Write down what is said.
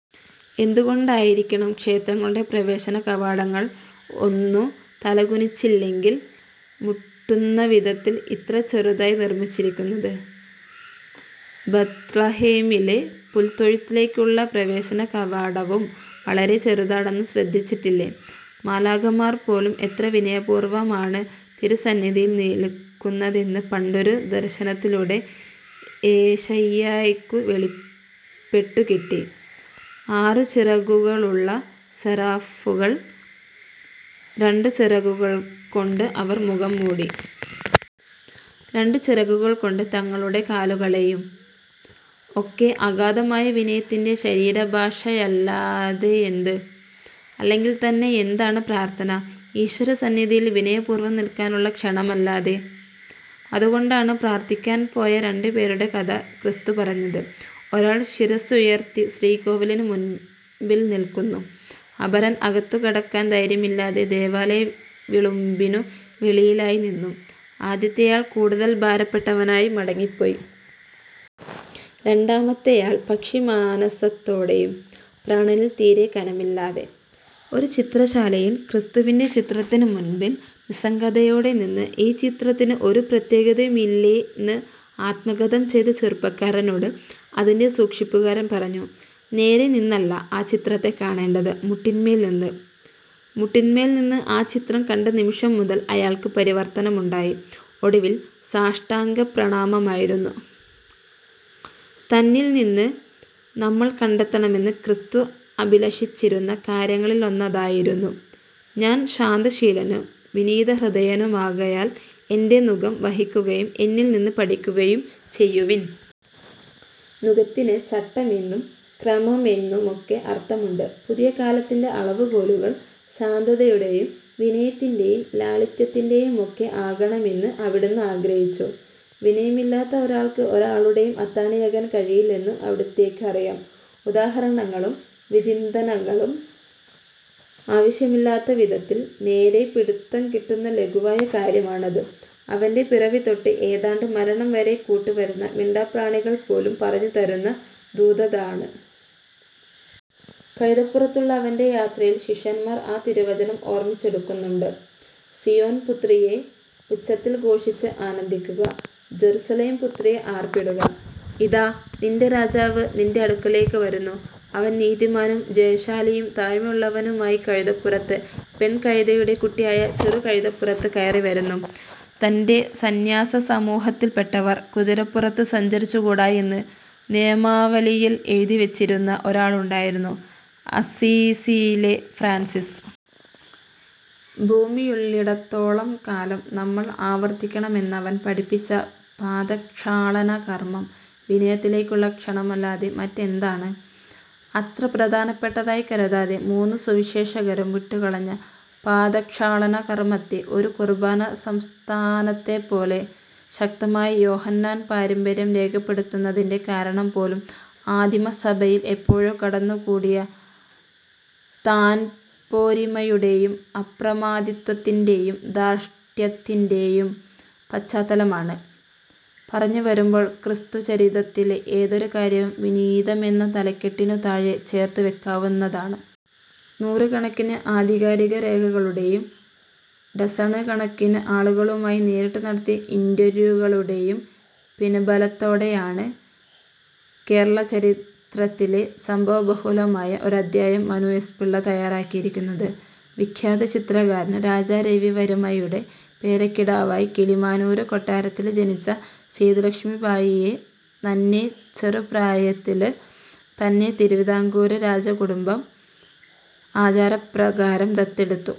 എന്തുകൊണ്ടായിരിക്കണം ക്ഷേത്രങ്ങളുടെ പ്രവേശനകവാടങ്ങൾ ഒന്നു തലകുനിച്ചില്ലെങ്കിൽ മുട്ടുന്നവിധത്തിൽ ഇത്ര ചെറുതായി നിർമിച്ചിരിക്കുന്നത്. ബത്ലഹേമിലെ പുൽത്തൊഴുത്തിലേക്കുള്ള പ്രവേശനകവാടവും വളരെ ചെറുതാണെന്ന് ശ്രദ്ധിച്ചിട്ടില്ലേ. മാലാഖമാർപോലും എത്ര വിനയപൂർവമാണ് തിരുസന്നിധിയിൽ നില്ക്കുന്നതെന്ന് പണ്ടൊരു ദർശനത്തിലൂടെ ഏശയ്യായ്ക്കു വെളിപ്പെട്ടു കിട്ടി. ആറു ചിറകുകളുള്ള സെറാഫുകൾ. രണ്ടു ചിറകുകൾകൊണ്ട് അവർ മുഖം മൂടി. രണ്ടു ചിറകുകൾകൊണ്ട് തങ്ങളുടെ കാലുകളെയും. ഒക്കെ അഗാധമായ വിനയത്തിന്റെ ശരീരഭാഷയല്ലാതെയെന്ത്. അല്ലെങ്കിൽത്തന്നെയെന്താണ് പ്രാർഥന. ഈശ്വരസന്നിധിയിൽ വിനയപൂർവം നിൽക്കാനുള്ള ക്ഷണമല്ലാതെ. അതുകൊണ്ടാണ് പ്രാർഥിക്കാൻ പോയ രണ്ടുപേരുടെ കഥ ക്രിസ്തുപറഞ്ഞത്. ഒരാൾ ശിരസ്സുയർത്തി ശ്രീകോവിലിന് മുൻപിൽനിൽക്കുന്നു. അപരൻ അകത്തുകടക്കാൻ ധൈര്യമില്ലാതെ ദേവാലയ വിളുമ്പിനു വെളിയിലായിനിന്നു. ആദ്യത്തെയാൾ കൂടുതൽ ഭാരപ്പെട്ടവനായി മടങ്ങിപ്പോയി. രണ്ടാമത്തെയാൾ പക്ഷിമാനസത്തോടെയും. പ്രാണനിൽ തീരേ കനമില്ലാതെ. ഒരു ചിത്രശാലയിൽ ക്രിസ്തുവിന്റെ ചിത്രത്തിനുമുൻപിൽ നിസ്സംഗതയോടെ നിന്ന് 'ഈ ചിത്രത്തിന് ഒരു പ്രത്യേകതയുമില്ലെ'ന്ന് ആത്മഗതംചെയ്ത ചെറുപ്പക്കാരനോട് അതിന്റെ സൂക്ഷിപ്പുകാരൻ പറഞ്ഞു:നേരെനിന്നല്ല ആ ചിത്രത്തെ കാണേണ്ടത്, മുട്ടിന്മേൽനിന്ന്. മുട്ടിന്മേൽനിന്ന് ആ ചിത്രം കണ്ടനിമിഷം മുതൽ അയാൾക്ക് പരിവർത്തനമുണ്ടായി. ഒടുവിൽ സാഷ്ടാംഗപ്രണാമമായിരുന്നു. തന്നിൽനിന്ന് നമ്മൾ കണ്ടെത്തണമെന്ന് ക്രിസ്തു അഭിലഷിച്ചിരുന്ന കാര്യങ്ങളിലൊന്നതായിരുന്നു:ഞാൻ ശാന്തശീലനും വിനീതഹൃദയനുമാകയാൽ എന്റെ നുകം വഹിക്കുകയും എന്നിൽനിന്ന് പഠിക്കുകയും ചെയ്യുവിൻ. നുകത്തിന് ചട്ടമെന്നും ക്രമമെന്നുമൊക്കെ അർഥമുണ്ട്. പുതിയ കാലത്തിന്റെ അളവുകോലുകൾ ശാന്തതയുടെയും വിനയത്തിന്റെയും ലാളിത്യത്തിന്റെയുമൊക്കെ ആകണമെന്ന് അവിടുന്ന് ആഗ്രഹിച്ചു. വിനയമില്ലാത്ത ഒരാൾക്ക് ഒരാളുടെയും അത്താണിയാകാൻ കഴിയില്ലെന്നും അവിടുത്തേക്ക് അറിയാം. ഉദാഹരണങ്ങളും വിചിന്തനങ്ങളും ആവശ്യമില്ലാത്തവിധത്തിൽ നേരേ പിടുത്തംകിട്ടുന്ന ലഘുവായ കാര്യമാണത്. അവന്റെ പിറവിതൊട്ട് ഏതാണ്ട് മരണംവരെ കൂട്ടുവരുന്ന മിണ്ടാപ്രാണികൾപോലും പറഞ്ഞുതരുന്ന ദൂതതാണ്. കഴുതപ്പുറത്തുള്ള അവന്റെ യാത്രയിൽ ശിഷ്യന്മാർ ആ തിരുവചനം ഓർമിച്ചെടുക്കുന്നുണ്ട്. സീയോൻപുത്രിയേ, ഉച്ചത്തിൽ ഘോഷിച്ച് ആനന്ദിക്കുക. ജറുസലേം പുത്രിയേ, ആർപ്പിടുക. ഇതാ നിന്റെ രാജാവ് നിന്റെ അടുക്കലേക്ക് വരുന്നു. അവൻ നീതിമാനും ജയശാലിയും താഴ്മയുള്ളവനുമായി കഴുതപ്പുറത്ത്, പെൺകഴുതയുടെ കുട്ടിയായ ചെറുകഴുതപ്പുറത്ത് കയറിവരുന്നു. തന്റെ സന്ന്യാസസമൂഹത്തിൽപ്പെട്ടവർ കുതിരപ്പുറത്ത് സഞ്ചരിച്ചുകൂടായെന്ന് നിയമാവലിയിൽ എഴുതിവെച്ചിരുന്ന ഒരാളുണ്ടായിരുന്നു അസ്സീസിയിലെ ഫ്രാൻസിസ്. ഭൂമിയുള്ളിടത്തോളം കാലം നമ്മൾ ആവർത്തിക്കണമെന്നവൻ പഠിപ്പിച്ച പാദക്ഷാളനകർമം വിനയത്തിലേക്കുള്ള ക്ഷണമല്ലാതെ മറ്റെന്താണ്. അത്ര പ്രധാനപ്പെട്ടതായി കരുതാതെ മൂന്നു സുവിശേഷകരും വിട്ടുകളഞ്ഞ പാദക്ഷാളനകർമത്തെ ഒരു കുർബാന സംസ്ഥാപനത്തെപ്പോലെ ശക്തമായി യോഹന്നാൻ പാരമ്പര്യം രേഖപ്പെടുത്തുന്നതിന്റെ കാരണംപോലും ആദിമസഭയിൽ എപ്പോഴോ കടന്നുകൂടിയ താൻപോരിമയുടെയും അപ്രമാദിത്വത്തിന്റെയും ധാർഷ്ട്യത്തിന്റെയും പശ്ചാത്തലമാണ്. പറഞ്ഞുവരുമ്പോൾ ക്രിസ്തുചരിതത്തിലെ ഏതൊരു കാര്യവും വിനീതമെന്ന തലക്കെട്ടിനുതാഴെ ചേർത്തുവെക്കാവുന്നതാണ്. നൂറുകണക്കിന് ആധികാരിക രേഖകളുടെയും ഡസണ് കണക്കിന് ആളുകളുമായി നേരിട്ട് നടത്തിയ ഇന്റര്വ്യൂകളുടെയും പിന്ബലത്തോടെയാണ് കേരളചരിത്രത്തിലെ സംഭവബഹുലമായ ഒരധ്യായം മനു എസ്. പിള്ള തയ്യാറാക്കിയിരിക്കുന്നത്. വിഖ്യാത ചിത്രകാരന് രാജാ രവിവര്മയുടെ പേരക്കിടാവായി കിളിമാനൂര് കൊട്ടാരത്തില് ജനിച്ച സേതു ലക്ഷ്മി ഭായിയെ നന്നെ ചെറുപ്രായത്തില് തന്നെ തിരുവിതാംകൂര് രാജകുടുംബം ആചാരപ്രകാരം ദത്തെടുത്തു.